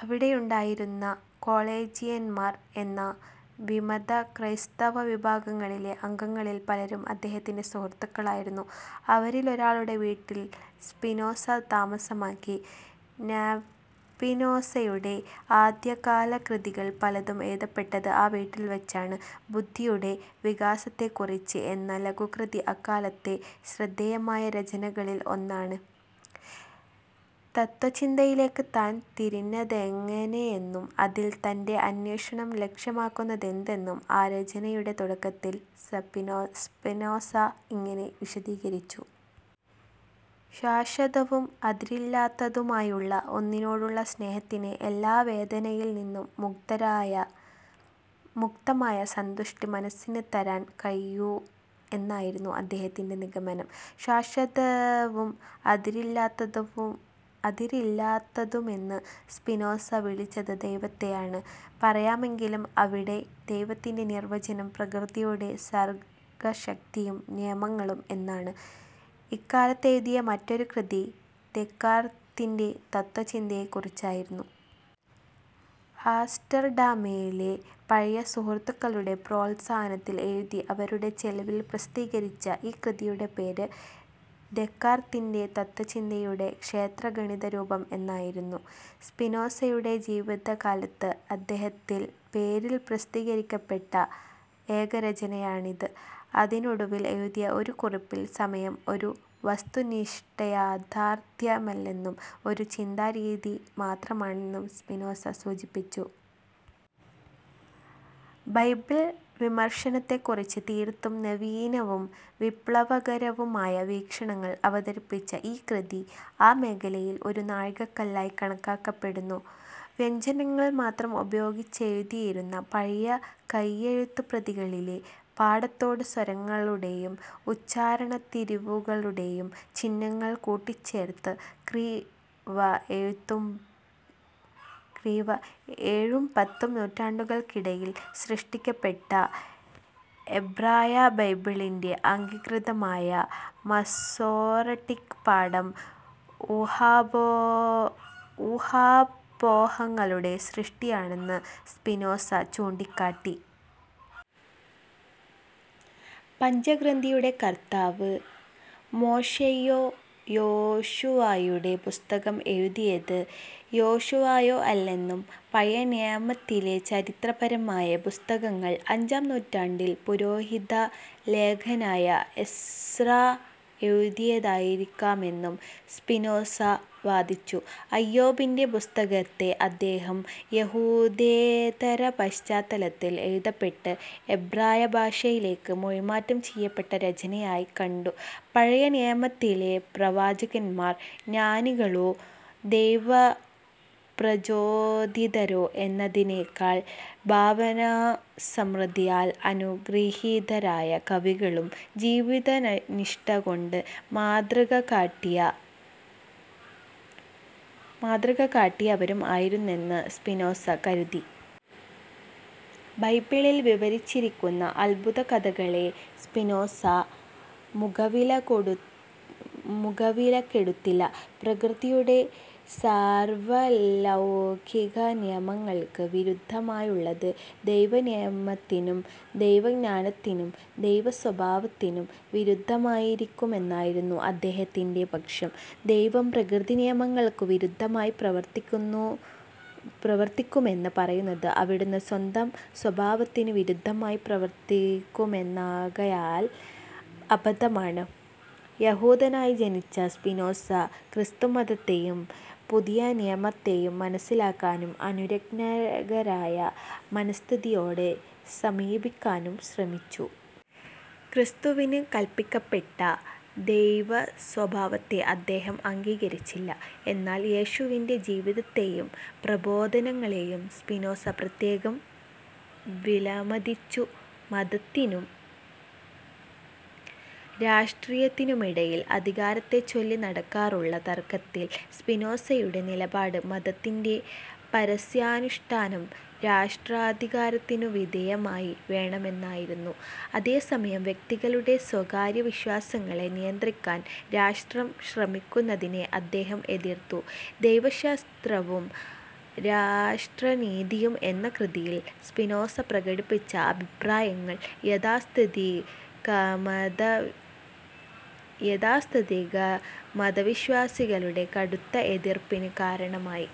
അവിടെയുണ്ടായിരുന്ന കൊളേജിയന്മാർ എന്ന വിമതക്രൈസ്തവവിഭാഗങ്ങളിലെ അംഗങ്ങളിൽ പലരും അദ്ദേഹത്തിന്റെ സുഹൃത്തുക്കളായിരുന്നു. അവരിലൊരാളുടെ വീട്ടിൽ സ്പിനോസ താമസമാക്കി. സ്പിനോസയുടെ ആദ്യകാലകൃതികൾ പലതും എഴുതപ്പെട്ടത് ആ വീട്ടിൽ വച്ചാണ്. ബുദ്ധിയുടെ വികാസത്തെക്കുറിച്ച് എന്ന ലഘുകൃതി അക്കാലത്തെ ശ്രദ്ധേയമായ രചനകളിൽ ഒന്നാണ്. തത്ത്വചിന്തയിലേക്ക് താൻ തിരിഞ്ഞതെങ്ങനെയെന്നും അതിൽ തന്റെ അന്വേഷണം ലക്ഷ്യമാക്കുന്നതെന്തെന്നും ആ രചനയുടെ തുടക്കത്തിൽ സ്പിനോസ ഇങ്ങനെ വിശദീകരിച്ചു. ശാശ്വതവും അതിരില്ലാത്തതുമായുള്ള ഒന്നിനോടുള്ള സ്നേഹത്തിനേ എല്ലാ വേദനയിൽ നിന്നും മുക്തരായ മുക്തമായ സന്തുഷ്ടി മനസ്സിന് തരാൻ കഴിയൂ എന്നായിരുന്നു അദ്ദേഹത്തിന്റെ നിഗമനം. ശാശ്വതവും അതിരില്ലാത്തതുമെന്ന് സ്പിനോസ വിളിച്ചത് ദൈവത്തെയാണെന്ന് പറയാമെങ്കിലും അവിടെ ദൈവത്തിന്റെ നിർവചനം പ്രകൃതിയുടെ സർഗ്ഗശക്തിയും നിയമങ്ങളും എന്നാണ്. ഇക്കാലത്തെഴുതിയ മറ്റൊരു കൃതി ദെക്കാർത്തിന്റെ തത്ത്വചിന്തയെക്കുറിച്ചായിരുന്നു. ആംസ്റ്റർഡാമിലെ പഴയ സുഹൃത്തുക്കളുടെ പ്രോത്സാഹനത്തിൽ എഴുതി അവരുടെ ചെലവിൽ പ്രസിദ്ധീകരിച്ച ഈ കൃതിയുടെ പേര്, ദെക്കാർത്തിന്റെ തത്ത്വചിന്തയുടെ ക്ഷേത്രഗണിതരൂപം എന്നായിരുന്നു. സ്പിനോസയുടെ ജീവിതകാലത്ത് അദ്ദേഹത്തിൽ പേരിൽ പ്രസിദ്ധീകരിക്കപ്പെട്ട ഏകരചനയാണിത്. അതിനൊടുവിൽ എഴുതിയ ഒരു കുറിപ്പിൽ സമയം ഒരു വസ്തുനിഷ്ഠയാഥാർഥ്യമല്ലെന്നും ഒരു ചിന്താരീതി മാത്രമാണെന്നും സ്പിനോസ സൂചിപ്പിച്ചു. ബൈബിൾ വിമർശനത്തെക്കുറിച്ച് തീർത്തും നവീനവും വിപ്ലവകരവുമായ വീക്ഷണങ്ങൾ അവതരിപ്പിച്ച ഈ കൃതി ആ മേഖലയിൽ ഒരു നാഴികക്കല്ലായി കണക്കാക്കപ്പെടുന്നു. വ്യഞ്ജനങ്ങൾ മാത്രം ഉപയോഗിച്ചെഴുതിയിരുന്ന പഴയ കൈയെഴുത്തുപ്രതികളിലെ പാഠത്തോട്, സ്വരങ്ങളുടേയും ഉച്ചാരണത്തിരിവുകളുടേയും ചിഹ്നങ്ങൾ കൂട്ടിച്ചേർത്ത് ക്രി. വ. ഏഴും പത്തും നൂറ്റാണ്ടുകൾക്കിടയിൽ സൃഷ്ടിക്കപ്പെട്ട എബ്രായബൈബിളിന്റെ അംഗീകൃതമായ മസോറട്ടിക് പാഠം ഊഹാപോഹങ്ങളുടെ സൃഷ്ടിയാണെന്ന് സ്പിനോസ ചൂണ്ടിക്കാട്ടി. പഞ്ചഗ്രന്ഥിയുടെ കർത്താവ് മോശെയോ യോശുവായുടെ പുസ്തകം എഴുതിയത് യോശുവയോ അല്ലെന്നും പഴയനിയമത്തിലെ ചരിത്രപരമായ പുസ്തകങ്ങൾ അഞ്ചാം നൂറ്റാണ്ടിൽ പുരോഹിതലേഖകനായ എസ്രാ എഴുതിയതായിരിക്കാമെന്നും സ്പിനോസ വാദിച്ചു. ഇയ്യോബിന്റെ പുസ്തകത്തെ അദ്ദേഹം, യഹൂദേതരപശ്ചാത്തലത്തിൽ എഴുതപ്പെട്ട് എബ്രായഭാഷയിലേക്ക് മൊഴിമാറ്റം ചെയ്യപ്പെട്ട രചനയായി കണ്ടു. പഴയനിയമത്തിലെ പ്രവാചകന്മാർ ജ്ഞാനികളോ, ദൈവപ്രചോദിതരോ എന്നതിനേക്കാൾ ഭാവനാസമൃദ്ധിയാൽ അനുഗൃഹീതരായ കവികളും ജീവിതനിഷ്ടകൊണ്ട് മാതൃകകാട്ടിയവരും ആയിരുന്നെന്ന് സ്പിനോസ കരുതി. ബൈബിളിൽ വിവരിച്ചിരിക്കുന്ന അത്ഭുതകഥകളെ സ്പിനോസ മുഖവിലക്കെടുത്തില്ല. പ്രകൃതിയുടെ സാർവലൗകികനിയമങ്ങൾക്ക് വിരുദ്ധമായുള്ളത് ദൈവനിയമത്തിനും, ദൈവജ്ഞാനത്തിനും, ദൈവസ്വഭാവത്തിനും വിരുദ്ധമായിരിക്കുമെന്നായിരുന്നു അദ്ദേഹത്തിന്റെ പക്ഷം. ദൈവം പ്രകൃതിനിയമങ്ങൾക്കു വിരുദ്ധമായി പ്രവർത്തിക്കുമെന്നു പറയുന്നത് അവിടന്ന് സ്വന്തം സ്വഭാവത്തിനു വിരുദ്ധമായി പ്രവർത്തിക്കുമെന്നാകയാൽ അബദ്ധമാണ്. യഹൂദനയി ജനിച്ച സ്പിനോസ, ക്രിസ്തുമതത്തെയും പുതിയനിയമത്തെയും മനസ്സിലാക്കാനും അനുരജ്ഞകമായ മനസ്ഥിതിയോടെ സമീപിക്കാനും ശ്രമിച്ചു. ക്രിസ്തുവിന് കല്പിക്കപ്പെട്ട ദൈവസ്വഭാവത്തെ അദ്ദേഹം അംഗീകരിച്ചില്ല. എന്നാൽ യേശുവിന്റെ ജീവിതത്തെയും പ്രബോധനങ്ങളേയും സ്പിനോസ പ്രത്യേകം വിലമതിച്ചു. മതത്തിനും രാഷ്ട്രത്തിനുമിടയിൽ അധികാരത്തെച്ചൊല്ലി നടക്കാറുള്ള തർക്കത്തിൽ സ്പിനോസയുടെ നിലപാട്, മതത്തിന്റെ പരസ്യാനുഷ്ടാനം രാഷ്ട്രാധികാരത്തിനുവിധേയമായി വേണമെന്നായിരുന്നു. അതേസമയം, വ്യക്തികളുടെ സ്വകാര്യവിശ്വാസങ്ങളെ നിയന്ത്രിക്കാൻ രാഷ്ട്രം ശ്രമിക്കുന്നതിനെ അദ്ദേഹം എതിർത്തു. ദൈവശാസ്ത്രവും രാഷ്ട്രനീതിയും എന്ന കൃതിയിൽ സ്പിനോസ പ്രകടിപ്പിച്ച അഭിപ്രായങ്ങൾ യാഥാസ്ഥിതികമതവിശ്വാസികളുടെ കടുത്ത എതിർപ്പിന് കാരണമായി.